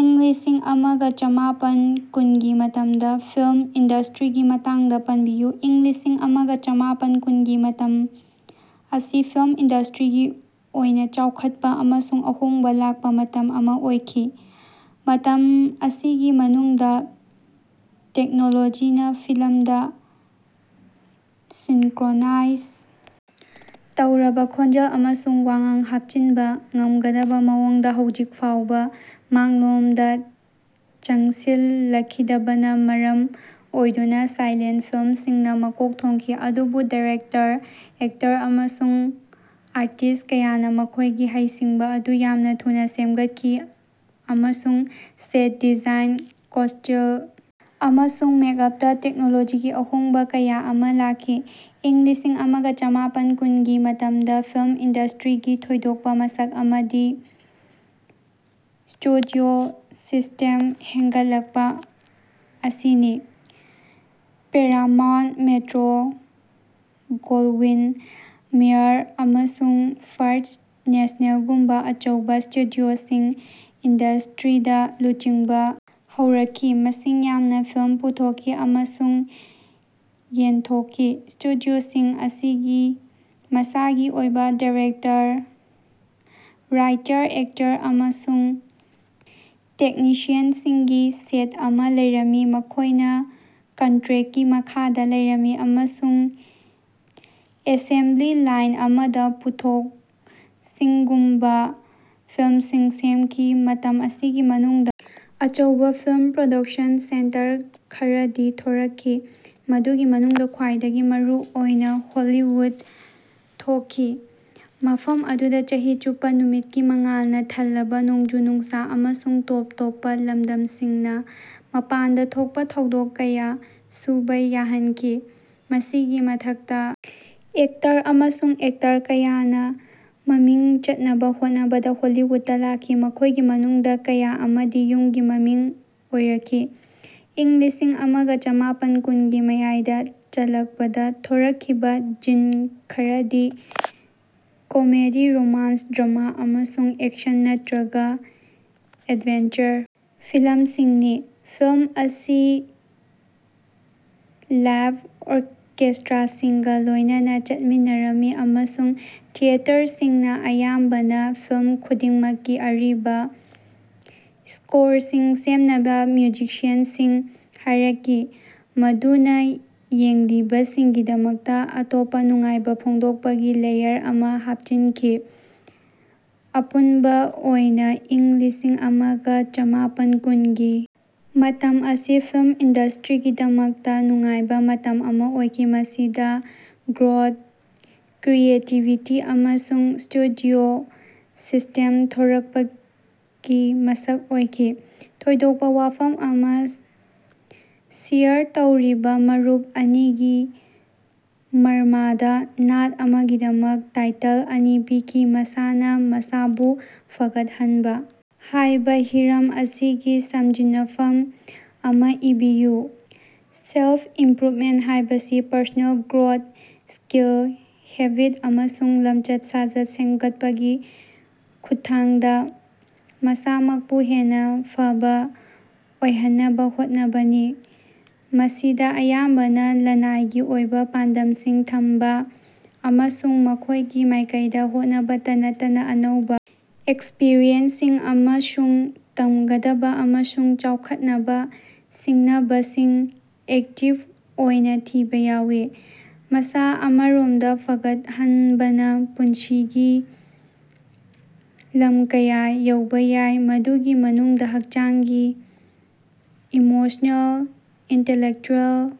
ꯏꯪ ꯂꯤꯁꯤꯡ ꯑꯃꯒ ꯆꯃꯥꯄꯟ ꯀꯨꯟꯒꯤ ꯃꯇꯝꯗ ꯐꯤꯂꯝ ꯏꯟꯗꯁ꯭ꯇꯔꯤꯒꯤ ꯃꯇꯥꯡꯗ ꯄꯟꯕꯤꯌꯨ꯫ ꯏꯪ ꯂꯤꯁꯤꯡ ꯑꯃꯒ ꯆꯃꯥꯄꯟ ꯀꯨꯟꯒꯤ ꯃꯇꯝ ꯑꯁꯤ ꯐꯤꯂꯝ ꯏꯟꯗꯁ꯭ꯇꯔꯤꯒꯤ ꯑꯣꯏꯅ ꯆꯥꯎꯈꯠꯄ ꯑꯃꯁꯨꯡ ꯑꯍꯣꯡꯕ ꯂꯥꯛꯄꯥ ꯃꯇꯝ ꯑꯃꯥ ꯑꯣꯏꯈꯤ꯫ ꯃꯇꯝ ꯑꯁꯤꯒꯤ ꯃꯅꯨꯡꯗꯥ ꯇꯦꯛꯅꯣꯂꯣꯖꯤꯅꯥ ꯐꯤꯂꯝꯁꯤꯡꯗ ꯁꯤꯡꯀꯔꯣꯅꯥꯏꯖ ꯇꯧꯔꯕꯥ ꯈꯣꯟꯖꯦꯜ ꯑꯃꯁꯨꯡ ꯋꯥꯉꯥꯡ ꯍꯥꯞꯆꯤꯟꯕꯥ ꯉꯝꯒꯗꯕꯥ ꯃꯑꯣꯡꯗꯥ ꯍꯧꯖꯤꯛ ꯐꯥꯎꯕ ꯃꯥꯡꯂꯣꯝꯗ ꯆꯪꯁꯤꯜꯂꯛꯈꯤꯗꯕꯅꯥ ꯃꯔꯝ ꯑꯣꯏꯗꯨꯅ ꯁꯥꯏꯂꯦꯟꯇ ꯐꯤꯂꯝꯁꯤꯡꯅꯥ ꯃꯀꯣꯛ ꯊꯣꯡꯈꯤ꯫ ꯑꯗꯨꯕꯨ ꯗꯥꯏꯔꯦꯛꯇꯔ, ꯑꯦꯛꯇꯔ ꯑꯃꯁꯨꯡ ꯑꯥꯔꯇꯤꯁ꯭ꯠ ꯀꯌꯥꯅꯥ ꯃꯈꯣꯏꯒꯤ ꯍꯩꯁꯤꯡꯕꯥ ꯑꯗꯨ ꯌꯥꯝꯅꯥ ꯊꯨꯅꯥ ꯁꯦꯝꯒꯠꯈꯤ, ꯑꯃꯁꯨꯡ ꯁꯦꯠ ꯗꯤꯖꯥꯏꯟ, ꯀꯣꯁ꯭ꯇꯦꯜ ꯑꯃꯁꯨꯡ ꯃꯦꯛꯑꯥꯞꯇꯥ ꯇꯦꯛꯅꯣꯂꯣꯖꯤꯒꯤ ꯑꯍꯣꯡꯕꯥ ꯀꯌꯥ ꯑꯃꯥ ꯂꯥꯛꯈꯤ꯫ ꯏꯪ ꯂꯤꯁꯤꯡ ꯑꯃꯒ ꯆꯃꯥꯄꯟ ꯀꯨꯟꯒꯤ ꯃꯇꯝꯗ ꯐꯤꯂꯝ ꯏꯟꯗꯁ꯭ꯇꯔꯤꯒꯤ ꯊꯣꯏꯗꯣꯛꯄꯥ ꯃꯁꯛ ꯑꯃꯗꯤ ꯁ꯭ꯇꯨꯗꯤꯑꯣ ꯁꯤꯁ꯭ꯇꯦꯝ ꯍꯦꯟꯒꯠꯂꯛꯄꯥ ꯑꯁꯤꯅꯤ꯫ ꯄꯦꯔꯥꯃꯥꯎꯟꯠ, ꯃ‌ꯦꯇꯔ‌ꯣ ꯒ‌ꯣꯜꯋꯤꯟ ꯃꯌꯔ ꯑꯃꯁꯨꯡ ꯐꯥꯔꯁ꯭ꯠ ꯅꯦꯁ꯭ꯅꯦꯜꯒꯨꯝꯕ ꯑꯆꯧꯕ ꯁ꯭ꯇꯨꯗꯤꯑꯣꯁꯤꯡꯅ ꯏꯟꯗꯁ꯭ꯇꯔꯤꯗꯥ ꯂꯨꯆꯤꯡꯕꯥ ꯍꯧꯔꯛꯈꯤ, ꯃꯁꯤꯡ ꯌꯥꯝꯅ ꯐꯤꯂꯝ ꯄꯨꯊꯣꯛꯈꯤ ꯑꯃꯁꯨꯡ ꯌꯦꯟꯊꯣꯛꯈꯤ꯫ ꯁ꯭ꯇꯨꯗꯤꯑꯣꯁꯤꯡ ꯑꯁꯤꯒꯤ ꯃꯁꯥꯒꯤ ꯑꯣꯏꯕꯥ ꯗꯥꯏꯔꯦꯛꯇꯔ, ꯔꯥꯏꯇꯔ, ꯑꯦꯛꯇꯔ ꯑꯃꯁꯨꯡ ꯇꯦꯛꯅꯤꯁꯤꯌꯟꯁꯤꯡꯒꯤ ꯁꯦꯠ ꯑꯃꯥ ꯂꯩꯔꯝꯃꯤ ꯃꯈꯣꯏꯅꯥ ꯀꯟꯇꯔꯦꯛꯀꯤ ꯃꯈꯥꯗꯥ ꯂꯩꯔꯝꯃꯤ ꯑꯃꯁꯨꯡ ꯑꯦꯁꯦꯝꯕꯂꯤ ꯂꯥꯏꯟ ꯑꯃꯗꯥ ꯄꯣꯠꯊꯣꯛꯁꯤꯡꯒꯨꯝꯕ ꯐꯤꯂꯝꯁꯤꯡ ꯁꯦꯝꯈꯤ꯫ ꯃꯇꯝ ꯑꯁꯤꯒꯤ ꯃꯅꯨꯡꯗꯥ ꯑꯆꯧꯕꯥ ꯐꯤꯂꯝ ꯄ꯭ꯔꯣꯗꯛꯁꯟ ꯁꯦꯟꯇꯔ ꯈꯔꯗꯤ ꯊꯣꯔꯛꯈꯤ, ꯃꯗꯨꯒꯤ ꯃꯅꯨꯡꯗ ꯈ꯭ꯋꯥꯏꯗꯒꯤ ꯃꯔꯨ ꯑꯣꯏꯅꯥ ꯍꯣꯂꯤꯋꯨꯗꯇꯥ ꯊꯣꯛꯈꯤ, ꯃꯐꯝ ꯑꯗꯨꯗꯥ ꯆꯍꯤ ꯆꯨꯞꯄꯥ ꯅꯨꯃꯤꯠꯀꯤ ꯃꯉꯥꯜꯅꯥ ꯊꯜꯂꯕꯥ ꯅꯣꯡꯖꯨ-ꯅꯨꯡꯁꯥ ꯑꯃꯁꯨꯡ ꯇꯣꯞ ꯇꯣꯞꯄꯥ ꯂꯝꯗꯝꯁꯤꯡꯅꯥ ꯃꯄꯥꯟꯗꯥ ꯊꯣꯛꯄꯥ ꯊꯧꯗꯣꯛ ꯀꯌꯥ ꯁꯨꯕꯥ ꯌꯥꯍꯟꯈꯤ꯫ ꯃꯁꯤꯒꯤ ꯃꯊꯛꯇꯥ, ꯑꯦꯛꯇꯔ ꯑꯃꯁꯨꯡ ꯑꯦꯛꯇꯔ ꯀꯌꯥꯅꯥ ꯃꯃꯤꯡ ꯆꯠꯅꯕ ꯍꯣꯠꯅꯕꯗ ꯍꯣꯂꯤꯋꯨꯗꯇꯥ ꯂꯥꯛꯈꯤ, ꯃꯈꯣꯏꯒꯤ ꯃꯅꯨꯡꯗ ꯀꯌꯥ ꯑꯃꯗꯤ ꯌꯨꯝꯒꯤ ꯃꯃꯤꯡ ꯑꯣꯏꯔꯛꯈꯤ꯫ ꯏꯪ ꯂꯤꯁꯤꯡ ꯑꯃꯒ ꯆꯃꯥꯄꯟ ꯀꯨꯟꯒꯤ ꯃꯌꯥꯏ ꯆꯜꯂꯛꯄꯗꯥ ꯊꯣꯔꯛꯈꯤꯕꯥ ꯖꯤꯟ ꯈꯔꯗꯤ ꯀꯃꯦꯗꯤ, ꯔꯣꯃꯥꯟꯁ, ꯗ꯭ꯔꯃꯥ, ꯑꯃꯁꯨꯡ ꯑꯦꯛꯁꯟ ꯅꯠꯇꯔꯒ ꯑꯦꯗꯚꯦꯟꯆꯔ ꯐꯤꯂꯝꯁꯤꯡꯅꯤ꯫ ꯐꯤꯂꯝ ꯀꯌꯥ ꯑꯁꯤ ꯂꯥꯏꯐ ꯑꯣꯔꯀꯦꯁ꯭ꯇꯔꯥꯁꯤꯡꯒꯥ ꯂꯣꯏꯅꯅꯥ ꯆꯠꯃꯤꯟꯅꯔꯝꯃꯤ, ꯑꯃꯁꯨꯡ ꯊꯤꯌꯦꯇꯔꯁꯤꯡꯅꯥ ꯑꯌꯥꯝꯕꯅ ꯐꯤꯂꯝ ꯈꯨꯗꯤꯡꯃꯛꯀꯤ ꯑꯔꯤꯕꯥ ꯁ꯭ꯀꯣꯔꯁꯤꯡ ꯁꯦꯝꯅꯕ ꯃ꯭ꯌꯨꯖꯤꯁꯤꯌꯥꯟꯁꯤꯡ ꯍꯥꯏꯔꯛꯈꯤ, ꯃꯗꯨꯅꯥ ꯌꯦꯡꯂꯤꯕꯁꯤꯡꯒꯤꯗꯃꯛꯇ ꯑꯇꯣꯞꯄ ꯅꯨꯡꯉꯥꯏꯕ ꯐꯣꯡꯗꯣꯛꯄꯒꯤ ꯂꯦꯌꯔ ꯑꯃꯥ ꯍꯥꯞꯆꯤꯟꯈꯤ꯫ ꯑꯄꯨꯟꯕ ꯑꯣꯏꯅꯥ, ꯏꯪ ꯂꯤꯁꯤꯡ ꯑꯃꯒ ꯆꯃꯥꯄꯟ ꯀꯨꯟꯒꯤ ꯃꯇꯝ ꯑꯁꯤ ꯐꯤꯂꯝ ꯏꯟꯗꯁ꯭ꯇꯔꯤꯒꯤꯗꯃꯛꯇ ꯅꯨꯡꯉꯥꯏꯕꯥ ꯃꯇꯝ ꯑꯃꯥ ꯑꯣꯏꯈꯤ, ꯃꯁꯤꯗꯥ ꯒ꯭ꯔꯣꯊ, ꯀ꯭ꯔꯤꯌꯦꯇꯤꯕꯤꯇꯤ ꯑꯃꯁꯨꯡ ꯁ꯭ꯇꯨꯗꯤꯑꯣ ꯁꯤꯁ꯭ꯇꯦꯝ ꯊꯣꯔꯛꯄꯒꯤ ꯃꯁꯛ ꯑꯣꯏꯈꯤ꯫ ꯊꯣꯏꯗꯣꯛꯄꯥ ꯋꯥꯐꯝ ꯑꯃꯥ ꯁꯦꯌꯔ ꯇꯧꯔꯤꯕꯥ ꯃꯔꯨꯞ ꯑꯅꯤꯒꯤ ꯃꯔꯃꯗꯥ ꯅꯥꯠ ꯑꯃꯒꯤꯗꯃꯛ ꯇꯥꯏꯇꯜ ꯑꯅꯤ ꯄꯤꯌꯨ꯫ ꯃꯁꯥꯅꯥ ꯃꯁꯥꯕꯨ ꯐꯒꯠꯍꯟꯕ ꯍꯥꯏꯕ ꯍꯤꯔꯝ ꯑꯁꯤꯒꯤ ꯁꯝꯖꯤꯟꯅꯐꯝ ꯑꯃꯥ ꯏꯕꯤꯌꯨ꯫ ꯁꯦꯜꯐ-ꯏꯝꯄ꯭ꯔꯨꯚꯃꯦꯟꯠ ꯍꯥꯏꯕꯁꯤ ꯄꯔꯁꯣꯅꯦꯜ ꯒ꯭ꯔꯣꯊ, ꯁ꯭ꯀꯤꯜ, ꯍꯦꯕꯤꯠ ꯑꯃꯁꯨꯡ ꯂꯝꯆꯠ-ꯁꯥꯖꯠ ꯁꯦꯝꯒꯠꯄꯒꯤ ꯈꯨꯠꯊꯥꯡꯗ ꯃꯁꯥꯃꯛꯄꯨ ꯍꯦꯟꯅ ꯐꯕ ꯑꯣꯏꯍꯟꯅꯕ ꯍꯣꯠꯅꯕꯅꯤ꯫ ꯃꯁꯤꯗꯥ ꯑꯌꯥꯝꯕꯅ ꯂꯅꯥꯏꯒꯤ ꯑꯣꯏꯕ ꯄꯥꯟꯗꯝꯁꯤꯡ ꯊꯝꯕꯥ ꯑꯃꯁꯨꯡ ꯃꯈꯣꯏꯒꯤ ꯃꯥꯏꯀꯩꯗ ꯍꯣꯠꯅꯕꯇ ꯅꯠꯇꯅ ꯑꯅꯧꯕꯥ ꯑꯦꯛꯁꯄꯔꯤꯌꯦꯟꯁꯁꯤꯡ ꯑꯃꯁꯨꯡ ꯇꯝꯒꯗꯕ ꯑꯃꯁꯨꯡ ꯆꯥꯎꯈꯠꯅꯕ ꯁꯤꯡꯅꯕꯁꯤꯡ ꯑꯦꯛꯇꯤꯕ ꯑꯣꯏꯅ ꯊꯤꯕ ꯌꯥꯎꯏ꯫ ꯃꯁꯥ-ꯃꯔꯣꯝꯗꯣꯝ ꯐꯒꯠꯍꯟꯕꯅ ꯄꯨꯟꯁꯤꯒꯤ ꯂꯝ ꯀꯌꯥ ꯌꯥꯎꯕꯥ ꯌꯥꯏ, ꯃꯗꯨꯒꯤ ꯃꯅꯨꯡꯗ ꯍꯛꯆꯥꯡꯒꯤ, ꯏꯃꯣꯁꯅꯦꯜ, ꯏꯟꯇꯦꯂꯦꯛꯆꯨꯑꯦꯜ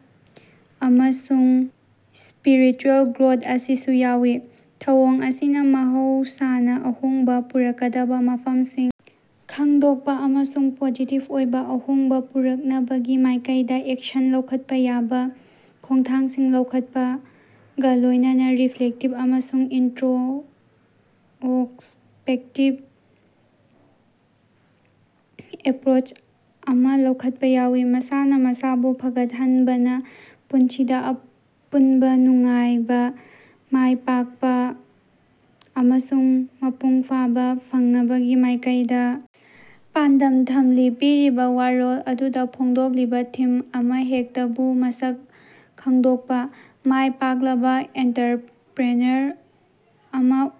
ꯑꯃꯁꯨꯡ ꯁ꯭ꯄꯤꯔꯤꯆꯨꯑꯦꯜ ꯒ꯭ꯔꯣꯊ ꯑꯁꯤꯁꯨ ꯌꯥꯎꯏ꯫ ꯊꯧꯑꯣꯡ ꯑꯁꯤꯅꯥ ꯃꯍꯧꯁꯥꯅꯥ ꯑꯍꯣꯡꯕꯥ ꯄꯨꯔꯛꯀꯗꯕꯥ ꯃꯐꯝꯁꯤꯡ ꯈꯪꯗꯣꯛꯄꯥ ꯑꯃꯁꯨꯡ ꯄꯣꯖꯤꯇꯤꯕ ꯑꯣꯏꯕ ꯑꯍꯣꯡꯕ ꯄꯨꯔꯛꯅꯕꯒꯤ ꯃꯥꯏꯀꯩꯗꯥ ꯑꯦꯛꯁꯟ ꯂꯧꯈꯠꯄ ꯌꯥꯕ ꯈꯣꯡꯊꯥꯡꯁꯤꯡ ꯂꯧꯈꯠꯄꯒ ꯂꯣꯏꯅꯅꯥ ꯔꯤꯐ꯭ꯂꯦꯛꯇꯤꯕ ꯑꯃꯁꯨꯡ ꯏꯟꯇꯔꯣꯁ꯭ꯄꯦꯛꯇꯤꯕ ꯑꯦꯄꯔꯣꯆ ꯑꯃꯥ ꯂꯧꯈꯠꯄ ꯌꯥꯎꯏ꯫ ꯃꯁꯥꯅꯥ ꯃꯁꯥꯕꯨ ꯐꯒꯠꯍꯟꯕꯅꯥ ꯄꯨꯟꯁꯤꯗꯥ ꯑꯄꯨꯟꯕ ꯅꯨꯡꯉꯥꯏꯕꯥ, ꯃꯥꯏ ꯄꯥꯛꯄꯥ ꯑꯃꯁꯨꯡ ꯃꯄꯨꯡ ꯐꯥꯕꯥ ꯐꯪꯅꯕꯒꯤ ꯃꯥꯏꯀꯩꯗꯥ ꯄꯥꯟꯗꯝ ꯊꯝꯂꯤ꯫ ꯄꯤꯔꯤꯕꯥ ꯋꯥꯔꯣꯜ ꯑꯗꯨꯗ ꯐꯣꯡꯗꯣꯛꯂꯤꯕꯥ ꯊꯤꯝ ꯑꯃꯍꯦꯛꯇꯕꯨ ꯃꯁꯛ ꯈꯪꯗꯣꯛꯄꯥ꯫ ꯃꯥꯏ ꯄꯥꯛꯂꯕꯥ ꯑꯣꯟꯇꯔꯄꯔꯤꯅꯔ ꯑꯃꯥ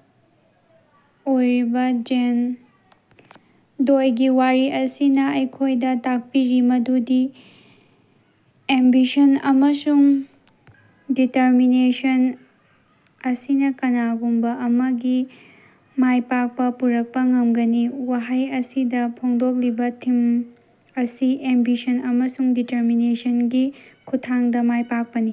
ꯑꯣꯏꯔꯤꯕꯥ ꯖꯦꯟ ꯗꯣꯏꯒꯤ ꯋꯥꯔꯤ ꯑꯁꯤꯅ ꯑꯩꯈꯣꯏꯗ ꯇꯥꯛꯄꯤꯔꯤ ꯃꯗꯨꯗꯤ ꯑꯦꯝꯕꯤꯁꯟ ꯑꯃꯁꯨꯡ ꯗꯤꯇꯔꯃꯤꯅꯦꯁꯟ ꯑꯁꯤꯅ ꯀꯅꯥꯒꯨꯝꯕ ꯑꯃꯒꯤ ꯃꯥꯏꯄꯥꯛꯄ ꯄꯨꯔꯛꯄ ꯉꯝꯒꯅꯤ꯫ ꯋꯥꯍꯩ ꯑꯁꯤꯗ ꯐꯣꯡꯗꯣꯛꯂꯤꯕꯥ ꯊꯤꯝ ꯑꯁꯤ ꯑꯦꯝꯕꯤꯁꯟ ꯑꯃꯁꯨꯡ ꯗꯤꯇꯔꯃꯤꯅꯦꯁꯟꯒꯤ ꯈꯨꯠꯊꯥꯡꯗ ꯃꯥꯏ ꯄꯥꯛꯄꯅꯤ꯫